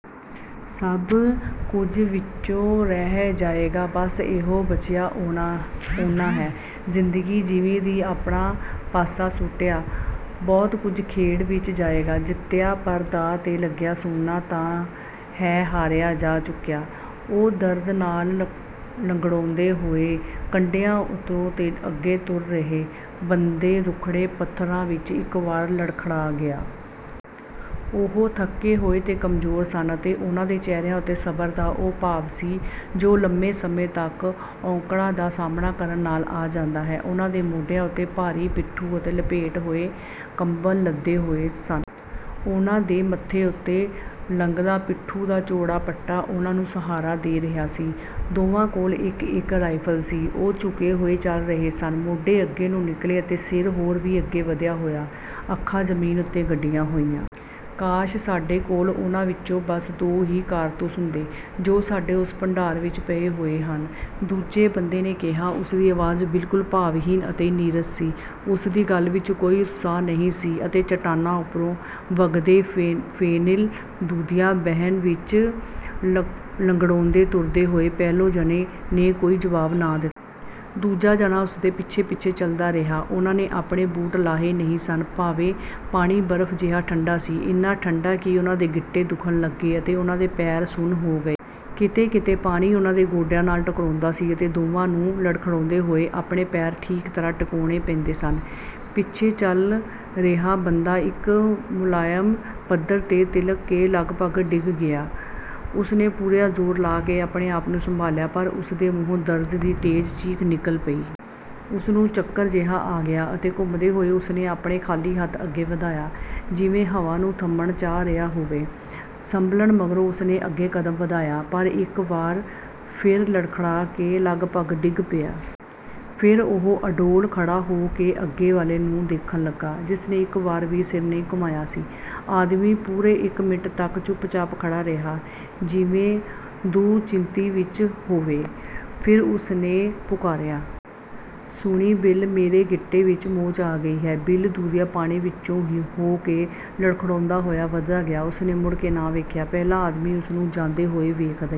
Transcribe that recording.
ਸਭ ਕੁੱਝ ਵਿੱਚੋਂ ਰਹਿ ਜਾਏਗਾ, ਬਸ ਇਹੋ ਬਚਿਆ ਉਹਨਾਂ ਹੈ। ਜ਼ਿੰਦਗੀ ਜੀਵੀ ਤੇ ਆਪਣਾ ਪਾਸਾ ਸੁੱਟਿਆ। ਬਹੁਤ ਕੁੱਝ ਖੇਡ ਵਿੱਚ ਜਾਏਗਾ, ਜਿੱਤਿਆ; ਪਰ ਦਾਅ 'ਤੇ ਲੱਗਿਆ ਸੋਨਾ ਤਾਂ ਹੈ ਹਾਰਿਆ ਜਾ ਚੁੱਕਿਆ। ਉਹ ਦਰਦ ਨਾਲ਼ ਲੰਗੜਾਉਂਦੇ ਹੋਏ ਕੰਢਿਓਂ ਉੱਤਰੇ ਤੇ ਅੱਗੇ ਤੁਰ ਰਿਹਾ ਬੰਦਾ ਰੁੱਖੜੇ ਪੱਥਰਾਂ ਵਿੱਚ ਇੱਕ ਵਾਰ ਲੜਖੜਾ ਗਿਆ। ਉਹ ਥੱਕੇ ਹੋਏ ਤੇ ਕਮਜ਼ੋਰ ਸਨ ਅਤੇ ਉਨ੍ਹਾਂ ਦੇ ਚਿਹਰਿਆਂ ਉੱਤੇ ਸਬਰ ਦਾ ਉਹ ਭਾਵ ਸੀ, ਜੋ ਲੰਮੇ ਸਮੇਂ ਤੱਕ ਔਕੜਾਂ ਦਾ ਸਾਹਮਣਾ ਕਰਨ ਨਾਲ਼ ਆ ਜਾਂਦਾ ਹੈ। ਉਨ੍ਹਾਂ ਦੇ ਮੋਢਿਆਂ ਉੱਤੇ ਭਾਰੀ ਪਿੱਠੂ ਅਤੇ ਲਪੇਟੇ ਹੋਏ ਕੰਬਲ਼ ਲੱਦੇ ਹੋਏ ਸਨ। ਉਨ੍ਹਾਂ ਦੇ ਮੱਥੇ ਉੱਤੋਂ ਲੰਘਦਾ ਪਿੱਠੂ ਦਾ ਚੌੜਾ ਪਟਾ ਉਹਨਾਂ ਨੂੰ ਸਹਾਰਾ ਦੇ ਰਿਹਾ ਸੀ। ਦੋਵਾਂ ਕੋਲ਼ ਇੱਕ-ਇੱਕ ਰਾਇਫਲ ਸੀ। ਉਹ ਝੁਕੇ ਹੋਏ ਚੱਲ ਰਹੇ ਸਨ; ਮੋਢੇ ਅੱਗੇ ਨੂੰ ਨਿੱਕਲ਼ੇ ਅਤੇ ਸਿਰ ਹੋਰ ਵੀ ਅੱਗੇ ਵਧਿਆ ਹੋਇਆ, ਅੱਖਾਂ ਜ਼ਮੀਨ ਉੱਤੇ ਗੱਡੀਆਂ ਹੋਈਆਂ। "ਕਾਸ਼ ਸਾਡੇ ਕੋਲ਼ ਉਨ੍ਹਾਂ ਵਿੱਚੋਂ ਬੱਸ ਦੋ ਹੀ ਕਾਰਤੂਸ ਹੁੰਦੇ, ਜੋ ਸਾਡੇ ਉਸ ਭੰਡਾਰ ਵਿੱਚ ਪਏ ਹੋਏ ਹਨ।" ਦੂਜੇ ਬੰਦੇ ਨੇ ਕਿਹਾ। ਉਸਦੀ ਅਵਾਜ਼ ਬਿਲਕੁਲ ਭਾਵਹੀਣ ਅਤੇ ਨੀਰਸ ਸੀ। ਉਸਦੀ ਗੱਲ ਵਿੱਚ ਕੋਈ ਉਤਸ਼ਾਹ ਨਹੀਂ ਸੀ ਅਤੇ ਚੱਟਾਨਾਂ ਉੱਪਰੋਂ ਵਗਦੇ ਫੇਨਿਲ ਦੁਧੀਆ ਵਹਿਣ ਵਿੱਚ ਲੰਗੜਾਉਂਦਿਆਂ ਤੁਰਦੇ ਹੋਏ ਪਹਿਲੇ ਜਣੇ ਨੇ ਕੋਈ ਜਵਾਬ ਨਾ ਦਿੱਤਾ। ਦੂਜਾ ਜਣਾ ਉਸਦੇ ਪਿੱਛੇ-ਪਿੱਛੇ ਚੱਲਦਾ ਰਿਹਾ। ਉਨ੍ਹਾਂ ਨੇ ਆਪਣੇ ਬੂਟ ਲਾਹੇ ਨਹੀਂ ਸਨ, ਭਾਵੇਂ ਪਾਣੀ ਬਰਫ ਜਿਹਾ ਠੰਡਾ ਸੀ, ਇੰਨਾ ਠੰਡਾ ਕਿ ਉਨ੍ਹਾਂ ਦੇ ਗਿੱਟੇ ਦੁਖਣ ਲੱਗੇ ਅਤੇ ਉਨ੍ਹਾਂ ਦੇ ਪੈਰ ਸੁੰਨ ਹੋ ਗਏ। ਕਿਤੇ-ਕਿਤੇ ਪਾਣੀ ਉਨ੍ਹਾਂ ਦੇ ਗੋਡਿਆਂ ਨਾਲ਼ ਟਕਰਾਉਂਦਾ ਸੀ ਅਤੇ ਦੋਵਾਂ ਨੂੰ ਲੜਖੜਾਉਂਦੇ ਹੋਏ ਆਪਣੇ ਪੈਰ ਠੀਕ ਤਰ੍ਹਾਂ ਟਿਕਾਉਂਣੇ ਪੈਂਦੇ ਸਨ। ਪਿੱਛੇ ਚੱਲ ਰਿਹਾ ਬੰਦਾ ਇੱਕ ਮੁਲਾਇਮ ਪੱਥਰ 'ਤੇ ਤਿਲਕ ਕੇ ਲਗਭਗ ਡਿੱਗ ਪਿਆ; ਉਸਨੇ ਪੂਰਾ ਜ਼ੋਰ ਲਾ ਕੇ ਆਪਣੇ-ਆਪ ਨੂੰ ਸੰਭਾਲ਼ਿਆ, ਪਰ ਉਸਦੇ ਮੂੰਹੋਂ ਦਰਦ ਦੀ ਤੇਜ਼ ਚੀਖ ਨਿੱਕਲ਼ ਪਈ। ਉਸਨੂੰ ਚੱਕਰ ਜਿਹਾ ਆ ਗਿਆ ਅਤੇ ਘੁੰਮਦੇ ਹੋਏ ਉਸਨੇ ਆਪਣਾ ਖਾਲੀ ਹੱਥ ਅੱਗੇ ਵਧਾਇਆ, ਜਿਵੇਂ ਹਵਾ ਨੂੰ ਥੰਮਣਾ ਚਾਹ ਰਿਹਾ ਹੋਵੇ। ਸੰਭਲਣ ਮਗਰੋਂ ਉਸਨੇ ਅੱਗੇ ਕਦਮ ਵਧਾਇਆ, ਪਰ ਇੱਕ ਵਾਰ ਫਿਰ ਲੜਖੜਾ ਕੇ ਲਗਭਗ ਡਿੱਗ ਪਿਆ। ਫਿਰ ਉਹ ਅਡੋਲ ਖੜਾ ਹੋ ਕੇ ਅੱਗੇ ਵਾਲ਼ੇ ਨੂੰ ਦੇਖਣ ਲੱਗਾ, ਜਿਸਨੇ ਇੱਕ ਵਾਰ ਵੀ ਸਿਰ ਨਹੀਂ ਘੁੰਮਾਇਆ ਸੀ। ਆਦਮੀ ਪੂਰੇ ਇੱਕ ਮਿੰਟ ਤੱਕ ਚੁੱਪਚਾਪ ਖੜਾ ਰਿਹਾ, ਜਿਵੇਂ ਦੁਚਿੱਤੀ ਵਿੱਚ ਹੋਵੇ। ਫਿਰ ਉਸਨੇ ਪੁਕਾਰਿਆ। "ਸੁਣੀਂ, ਬਿਲ, ਮੇਰੇ ਗਿੱਟੇ ਵਿੱਚ ਮੋਚ ਆ ਗਈ ਹੈ।" ਬਿਲ ਦੁਧੀਆ ਪਾਣੀ ਵਿੱਚੋਂ ਹੋ ਕੇ ਲੜਖੜਾਉਂਦਾ ਹੋਇਆ ਵਧਦਾ ਗਿਆ। ਉਸਨੇ ਮੁੜ ਕੇ ਨਾ ਵੇਖਿਆ। ਪਹਿਲਾ ਆਦਮੀ ਉਸਨੂੰ ਜਾਂਦੇ ਹੋਏ ਵੇਖਦਾ